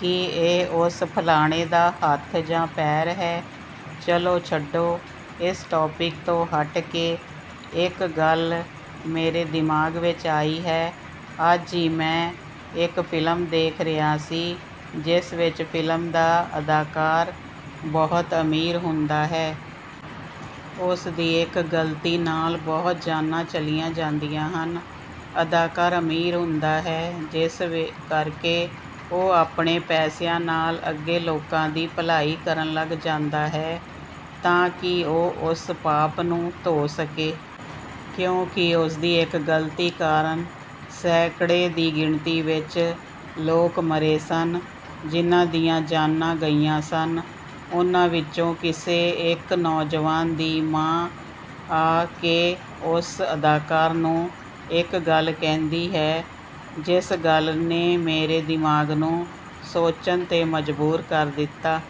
ਕੀ ਇਹ ਉਸ ਫਲਾਣੇ ਦਾ ਹੱਥ ਜਾਂ ਪੈਰ ਹੈ? ਚੱਲੋ ਛੱਡੋ, ਇਸ ਟੋਪੀਕ ਤੋਂ ਹੱਟ ਕੇ ਇੱਕ ਗੱਲ ਮੇਰੇ ਦਿਮਾਗ ਵਿੱਚ ਆਈ ਹੈ। ਅੱਜ ਹੀ ਮੈਂ ਇੱਕ ਫਿਲਮ ਦੇਖ ਰਿਹਾ ਸੀ, ਜਿਸ ਵਿੱਚ ਫਿਲਮ ਦਾ ਅਦਾਕਾਰ ਬਹੁਤ ਅਮੀਰ ਹੁੰਦਾ ਹੈ। ਉਸਦੀ ਇੱਕ ਗਲਤੀ ਨਾਲ ਬਹੁਤ ਜਾਨਾਂ ਚਲੀਆਂ ਜਾਂਦੀਆਂ ਹਨ। ਅਦਾਕਾਰ ਅਮੀਰ ਹੁੰਦਾ ਹੈ, ਜਿਸ ਕਰਕੇ ਉਹ ਆਪਣੇ ਪੈਸਿਆਂ ਨਾਲ ਅੱਗੇ ਲੋਕਾਂ ਦੀ ਭਲਾਈ ਕਰਨ ਲੱਗ ਜਾਂਦਾ ਹੈ, ਤਾਂ ਕਿ ਉਹ ਉਸ ਪਾਪ ਨੂੰ ਧੋ ਸਕੇ। ਕਿਉਂਕਿ ਉਸਦੀ ਇੱਕ ਗਲਤੀ ਕਾਰਨ ਸੈਂਕੜੇ ਦੀ ਗਿਣਤੀ ਵਿੱਚ ਲੋਕ ਮਰੇ ਸਨ। ਜਿਨ੍ਹਾਂ ਦੀਆਂ ਜਾਨਾਂ ਗਈਆਂ ਸਨ, ਉਹਨਾਂ ਵਿੱਚੋਂ ਕਿਸੇ ਇੱਕ ਨੌਜਵਾਨ ਦੀ ਮਾਂ ਆ ਕੇ ਉਸ ਅਦਾਕਾਰ ਨੂੰ ਇੱਕ ਗੱਲ ਕਹਿੰਦੀ ਹੈ, ਜਿਸ ਗੱਲ ਨੇ ਮੇਰੇ ਦਿਮਾਗ ਨੂੰ ਸੋਚਣ ਤੇ ਮਜਬੂਰ ਕਰ ਦਿੱਤਾ।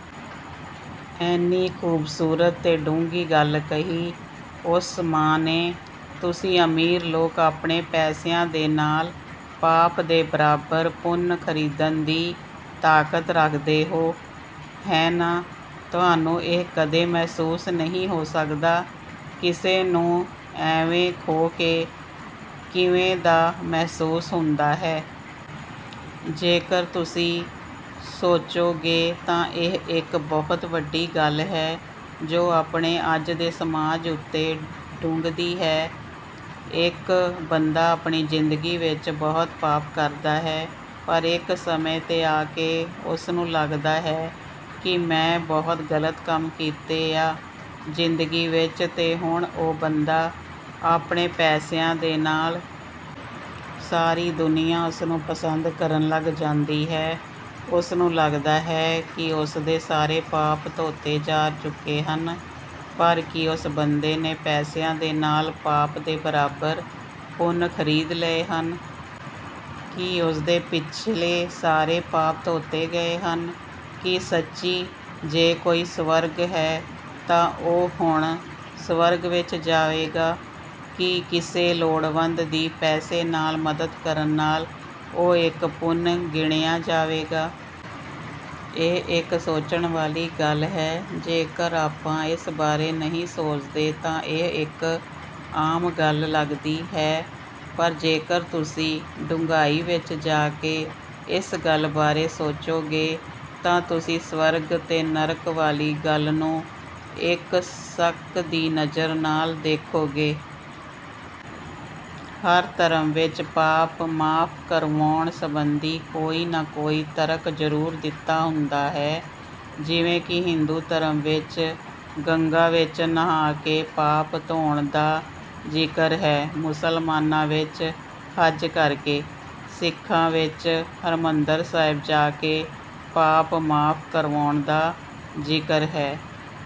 ਏਨੀ ਖੂਬਸੂਰਤ ਤੇ ਡੂੰਘੀ ਗੱਲ ਕਹੀ ਉਸ ਮਾਂ ਨੇ, "ਤੁਸੀਂ ਅਮੀਰ ਲੋਕ ਆਪਣੇ ਪੈਸਿਆਂ ਦੇ ਨਾਲ ਪਾਪ ਦੇ ਬਰਾਬਰ ਪੁੰਨ ਖਰੀਦਣ ਦੀ ਤਾਕਤ ਰੱਖਦੇ ਹੋ, ਹੈ ਨਾ? ਤੁਹਾਨੂੰ ਇਹ ਕਦੇ ਮਹਿਸੂਸ ਨਹੀਂ ਹੋ ਸਕਦਾ, ਕਿਸੇ ਨੂੰ ਏਵੇਂ ਖੋ ਕੇ ਕਿਵੇਂ ਦਾ ਮਹਿਸੂਸ ਹੁੰਦਾ ਹੈ।" ਜੇਕਰ ਤੁਸੀਂ ਸੋਚੋਗੇ ਤਾਂ ਇਹ ਇੱਕ ਬਹੁਤ ਵੱਡੀ ਗੱਲ ਹੈ, ਜੋ ਆਪਣੇ ਅੱਜ ਦੇ ਸਮਾਜ ਉੱਤੇ ਢੁੱਕਦੀ ਹੈ। ਇੱਕ ਬੰਦਾ ਆਪਣੀ ਜ਼ਿੰਦਗੀ ਵਿੱਚ ਬਹੁਤ ਪਾਪ ਕਰਦਾ ਹੈ, ਪਰ ਇੱਕ ਸਮੇਂ ਤੇ ਆ ਕੇ ਉਸਨੂੰ ਲੱਗਦਾ ਹੈ ਕਿ ਮੈਂ ਬਹੁਤ ਗਲਤ ਕੰਮ ਕੀਤੇ ਆ ਜ਼ਿੰਦਗੀ ਵਿੱਚ, ਤੇ ਹੁਣ ਉਹ ਬੰਦਾ ਆਪਣੇ ਪੈਸਿਆਂ ਦੇ ਨਾਲ ਪੁੰਨ ਕਰਨ ਲੱਗ ਜਾਂਦਾ ਹੈ। ਸਾਰੀ ਦੁਨੀਆਂ ਉਸਨੂੰ ਪਸੰਦ ਕਰਨ ਲੱਗ ਜਾਂਦੀ ਹੈ। ਉਸਨੂੰ ਲੱਗਦਾ ਹੈ ਕਿ ਉਸਦੇ ਸਾਰੇ ਪਾਪ ਧੋਤੇ ਜਾ ਚੁੱਕੇ ਹਨ। ਪਰ ਕੀ ਉਸ ਬੰਦੇ ਨੇ ਪੈਸਿਆਂ ਦੇ ਨਾਲ ਪਾਪ ਦੇ ਬਰਾਬਰ ਪੁੰਨ ਖਰੀਦ ਲਏ ਹਨ? ਕੀ ਉਸਦੇ ਪਿਛਲੇ ਸਾਰੇ ਪਾਪ ਧੋਤੇ ਗਏ ਹਨ? ਕੀ ਸੱਚੀ ਜੇ ਕੋਈ ਸਵਰਗ ਹੈ ਤਾਂ ਉਹ ਹੁਣ ਸਵਰਗ ਵਿੱਚ ਜਾਏਗਾ? ਕੀ ਕਿਸੇ ਲੋੜਵੰਦ ਦੀ ਪੈਸੇ ਨਾਲ ਮਦਦ ਕਰਨ ਨਾਲ ਉਹ ਇੱਕ ਪੁੰਨ ਗਿਣਿਆ ਜਾਵੇਗਾ? ਇਹ ਇੱਕ ਸੋਚਣ ਵਾਲੀ ਗੱਲ ਹੈ। ਜੇਕਰ ਆਪਾਂ ਇਸ ਬਾਰੇ ਨਹੀਂ ਸੋਚਦੇ ਤਾਂ ਇਹ ਇੱਕ ਆਮ ਗੱਲ ਲੱਗਦੀ ਹੈ, ਪਰ ਜੇਕਰ ਤੁਸੀਂ ਡੂੰਘਾਈ ਵਿੱਚ ਜਾ ਕੇ ਇਸ ਗੱਲ ਬਾਰੇ ਸੋਚੋਗੇ ਤਾਂ ਤੁਸੀਂ ਸਵਰਗ ਤੇ ਨਰਕ ਵਾਲੀ ਗੱਲ ਨੂੰ ਇੱਕ ਸ਼ੱਕ ਦੀ ਨਜ਼ਰ ਨਾਲ ਦੇਖੋਗੇ। ਹਰ ਧਰਮ ਵਿੱਚ ਪਾਪ ਮਾਫ਼ ਕਰਵਾਉਣ ਸਬੰਧੀ ਕੋਈ ਨਾ ਕੋਈ ਤਰਕ ਜ਼ਰੂਰ ਦਿੱਤਾ ਹੁੰਦਾ ਹੈ। ਜਿਵੇਂ ਕਿ ਹਿੰਦੂ ਧਰਮ ਵਿੱਚ ਗੰਗਾ ਵਿੱਚ ਨਹਾ ਕੇ ਪਾਪ ਧੋਣ ਦਾ ਜ਼ਿਕਰ ਹੈ, ਮੁਸਲਮਾਨਾਂ ਵਿੱਚ ਹੱਜ ਕਰਕੇ, ਸਿੱਖਾਂ ਵਿੱਚ ਹਰਿਮੰਦਰ ਸਾਹਿਬ ਜਾ ਕੇ ਪਾਪ ਮਾਫ਼ ਕਰਵਾਉਣ ਦਾ ਜ਼ਿਕਰ ਹੈ।